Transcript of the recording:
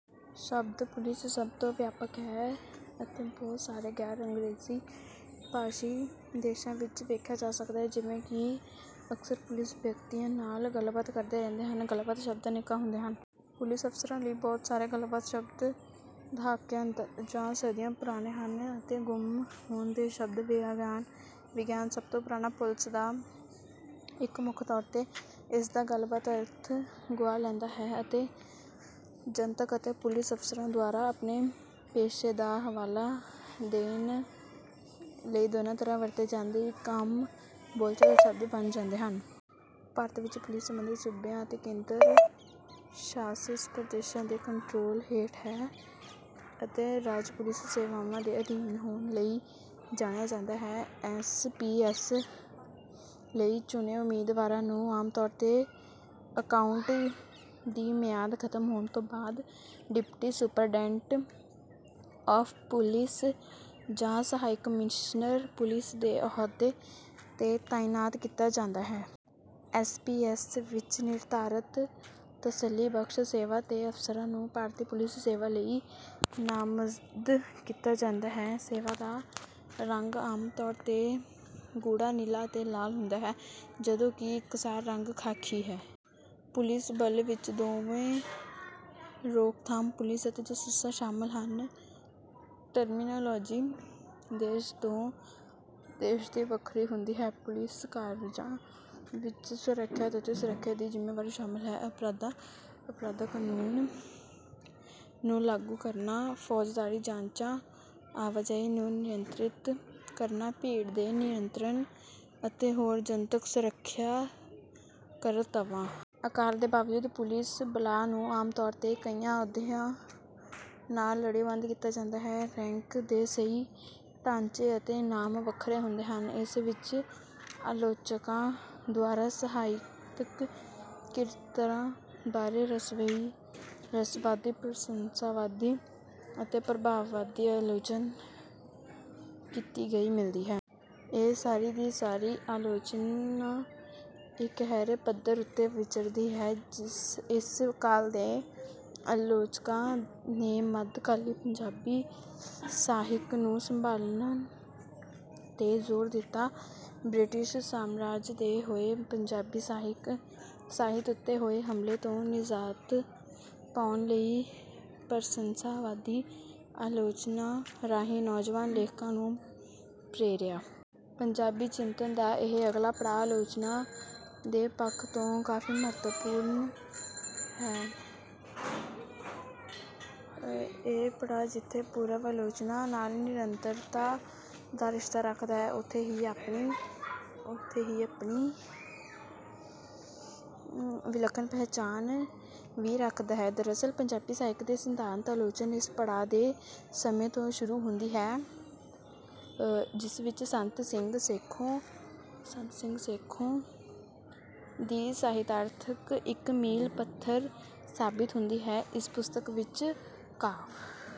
ਸ਼ਬਦ ਪੁਲਿਸ ਸਭ ਤੋਂ ਵਿਆਪਕ ਹੈ ਅਤੇ ਬਹੁਤ ਸਾਰੇ ਗੈਰ ਅੰਗਰੇਜ਼ੀ ਭਾਸ਼ੀ ਦੇਸ਼ਾਂ ਵਿੱਚ ਵੇਖਿਆ ਜਾ ਸਕਦਾ ਹੈ। ਜਿਵੇਂ ਕਿ ਅਕਸਰ ਪੁਲਿਸ ਵਿਅਕਤੀਆਂ ਨਾਲ ਗੱਲਬਾਤ ਕਰਦੇ ਰਹਿੰਦੇ ਹਨ ਗੱਲਬਾਤ ਸ਼ਬਦ ਅਨੇਕਾਂ ਹੁੰਦੇ ਹਨ। ਪੁਲਿਸ ਅਫਸਰਾਂ ਲਈ ਬਹੁਤ ਸਾਰੇ ਗੱਲਬਾਤ ਸ਼ਬਦ ਦਹਾਕਿਆਂ ਜਾਂ ਸਦੀਆਂ ਪੁਰਾਣੇ ਹਨ ਅਤੇ ਗੁੰਮ ਹੋਣ ਦੇ ਸ਼ਬਦ ਵਿਗਿਆਨ। ਸਭ ਤੋਂ ਪੁਰਾਣਾ ਪੁਲਸ ਦਾ ਇੱਕ ਮੁੱਖ ਤੌਰ ਤੇ ਇਸਦਾ ਗੱਲਬਾਤ ਅਰਥ ਗੁਆ ਲੈਂਦਾ ਹੈ ਅਤੇ ਜਨਤਕ ਅਤੇ ਪੁਲਿਸ ਅਫਸਰਾਂ ਦੁਆਰਾ ਆਪਣੇ ਪੇਸ਼ੇ ਦਾ ਹਵਾਲਾ ਦੇਣ ਲਈ ਦੋਨਾਂ ਤਰ੍ਹਾਂ ਵਰਤੇ ਜਾਂਦੇ ਇੱਕ ਆਮ ਬੋਲਚਾਲ ਸ਼ਬਦ ਬਣ ਜਾਂਦੇ ਹਨ। ਭਾਰਤ ਵਿੱਚ ਪੁਲਿਸ ਸੰਬੰਧਿਤ ਸੂਬਿਆਂ ਅਤੇ ਕੇਂਦਰ ਸ਼ਾਸਿਤ ਪ੍ਰਦੇਸ਼ਾਂ ਦੇ ਕੰਟਰੋਲ ਹੇਠ ਹੈ ਅਤੇ ਰਾਜ ਪੁਲਿਸ ਸੇਵਾਵਾਂ ਦੇ ਅਧੀਨ ਹੋਣ ਲਈ ਜਾਣਿਆ ਜਾਂਦਾ ਹੈ। ਐਸ ਪੀ ਐਸ ਲਈ ਚੁਣੇ ਉਮੀਦਵਾਰਾਂ ਨੂੰ ਆਮ ਤੌਰ ਤੇ ਅਕਾਉਂਟ ਦੀ ਮਿਆਦ ਖਤਮ ਹੋਣ ਤੋਂ ਬਾਅਦ ਡਿਪਟੀ ਸੁਪਰਡੈਂਟ ਆਫ ਪੁਲੀਸ ਜਾਂ ਸਹਾਇਕ ਕਮਿਸ਼ਨਰ ਪੁਲਿਸ ਦੇ ਅਹੁਦੇ ਤੇ ਤਾਇਨਾਤ ਕੀਤਾ ਜਾਂਦਾ ਹੈ। ਐਸ ਪੀ ਐਸ ਵਿੱਚ ਨਿਰਧਾਰਤ ਤਸੱਲੀਬਖਸ਼ ਸੇਵਾ ਤੇ ਅਫਸਰਾਂ ਨੂੰ ਭਾਰਤੀ ਪੁਲਿਸ ਸੇਵਾ ਲਈ ਨਾਮਜ਼ਦ ਕੀਤਾ ਜਾਂਦਾ ਹੈ। ਸੇਵਾ ਦਾ ਰੰਗ ਆਮ ਤੌਰ ਤੇ ਗੂੜਾ ਨੀਲਾ ਅਤੇ ਲਾਲ ਹੁੰਦਾ ਹੈ ਜਦੋਂ ਕਿ ਇਕਸਾਰ ਰੰਗ ਖਾਕੀ ਹੈ। ਪੁਲਿਸ ਬਲ ਵਿੱਚ ਦੋਵੇਂ ਰੋਕਥਾਮ ਪੁਲਿਸ ਅਤੇ ਜਾਸੂਸਾਂ ਸ਼ਾਮਲ ਹਨ। ਟਰਮੀਨਾਲੋਜੀ ਦੇਸ਼ ਤੋਂ ਦੇਸ਼ ਦੀ ਵੱਖਰੀ ਹੁੰਦੀ ਹੈ। ਪੁਲਿਸ ਕਾਰਜਾਂ ਵਿੱਚ ਸੁਰੱਖਿਆ ਅਤੇ ਸੁਰੱਖਿਆ ਦੀ ਜ਼ਿੰਮੇਵਾਰੀ ਸ਼ਾਮਲ ਹੈ ਅਪਰਾਧਕ ਕਾਨੂੰਨ ਨੂੰ ਲਾਗੂ ਕਰਨਾ ਫੌਜਦਾਰੀ ਜਾਂਚਾਂ ਆਵਾਜਾਈ ਨੂੰ ਨਿਯੰਤ੍ਰਿਤ ਕਰਨਾ ਭੀੜ ਦੇ ਨਿਯੰਤਰਣ ਅਤੇ ਹੋਰ ਜਨਤਕ ਸੁਰੱਖਿਆ ਕਰਤੱਵਾਂ। ਆਕਾਰ ਦੇ ਬਾਵਜੂਦ ਪੁਲਿਸ ਬਲਾਂ ਨੂੰ ਆਮ ਤੌਰ ਤੇ ਕਈ ਅਹੁਦਿਆਂ ਨਾਲ ਲੜੀਬੱਧ ਕੀਤਾ ਜਾਂਦਾ ਹੈ। ਰੈਂਕ ਦੇ ਸਹੀ ਢਾਂਚੇ ਅਤੇ ਨਾਮ ਵੱਖਰੇ ਹੁੰਦੇ ਹਨ। ਇਸ ਵਿੱਚ ਆਲੋਚਕਾਂ ਦੁਆਰਾ ਸਾਹਿਤਕ ਕਿਰਤਾਂ ਬਾਰੇ ਰਹੱਸਵਾਦੀ ਪ੍ਰਸੰਸਾਵਾਦੀ ਅਤੇ ਪ੍ਰਭਾਵਵਾਦੀ ਆਲੋਚਨਾ ਕੀਤੀ ਗਈ ਮਿਲਦੀ ਹੈ। ਇਹ ਸਾਰੀ ਦੀ ਸਾਰੀ ਆਲੋਚਨਾ ਇੱਕਹਿਰੇ ਪੱਧਰ ਉੱਤੇ ਵਿਚਰਦੀ ਹੈ। ਇਸ ਕਾਲ ਦੇ ਆਲੋਚਕਾਂ ਨੇ ਮੱਧਕਾਲੀ ਪੰਜਾਬੀ ਸਾਹਿਤ ਨੂੰ ਸੰਭਾਲਨ ਤੇ ਜ਼ੋਰ ਦਿੱਤਾ। ਬ੍ਰਿਟਿਸ਼ ਸਾਮਰਾਜ ਦੇ ਹੋਏ ਪੰਜਾਬੀ ਸਾਹਿਤ ਉੱਤੇ ਹੋਏ ਹਮਲੇ ਤੋਂ ਨਿਜ਼ਾਤ ਪਾਉਣ ਲਈ ਪ੍ਰਸੰਸਾਵਾਦੀ ਆਲੋਚਨਾ ਰਾਹੀਂ ਨੌਜਵਾਨ ਲੇਖਕਾਂ ਨੂੰ ਪ੍ਰੇਰਿਆ। ਪੰਜਾਬੀ ਚਿੰਤਨ ਦਾ ਇਹ ਅਗਲਾ ਪੜਾਅ ਆਲੋਚਨਾ ਦੇ ਪੱਖ ਤੋਂ ਕਾਫੀ ਮਹੱਤਵਪੂਰਨ ਹੈ। ਇਹ ਪੜਾਅ ਜਿੱਥੇ ਪੂਰਵ ਆਲੋਚਨਾ ਨਾਲ ਨਿਰੰਤਰਤਾ ਦਾ ਰਿਸ਼ਤਾ ਰੱਖਦਾ ਹੈ ਉੱਥੇ ਹੀ ਆਪਣੀ ਵਿਲੱਖਣ ਪਹਿਚਾਣ ਵੀ ਰੱਖਦਾ ਹੈ। ਦਰਅਸਲ ਪੰਜਾਬੀ ਸਾਹਿਤ ਦੀ ਸਿਧਾਂਤਕ ਆਲੋਚਨਾ ਇਸ ਪੜਾਅ ਦੇ ਸਮੇਂ ਤੋਂ ਹੀ ਸ਼ੁਰੂ ਹੁੰਦੀ ਹੈ ਜਿਸ ਵਿੱਚ ਸੰਤ ਸਿੰਘ ਸੇਖੋਂ ਦੀ ਸਾਹਿਤਿਆਰਥ ਇੱਕ ਮੀਲ ਪੱਥਰ ਸਾਬਿਤ ਹੁੰਦੀ ਹੈ। ਇਸ ਪੁਸਤਕ ਵਿੱਚ ਕਾਵਿ।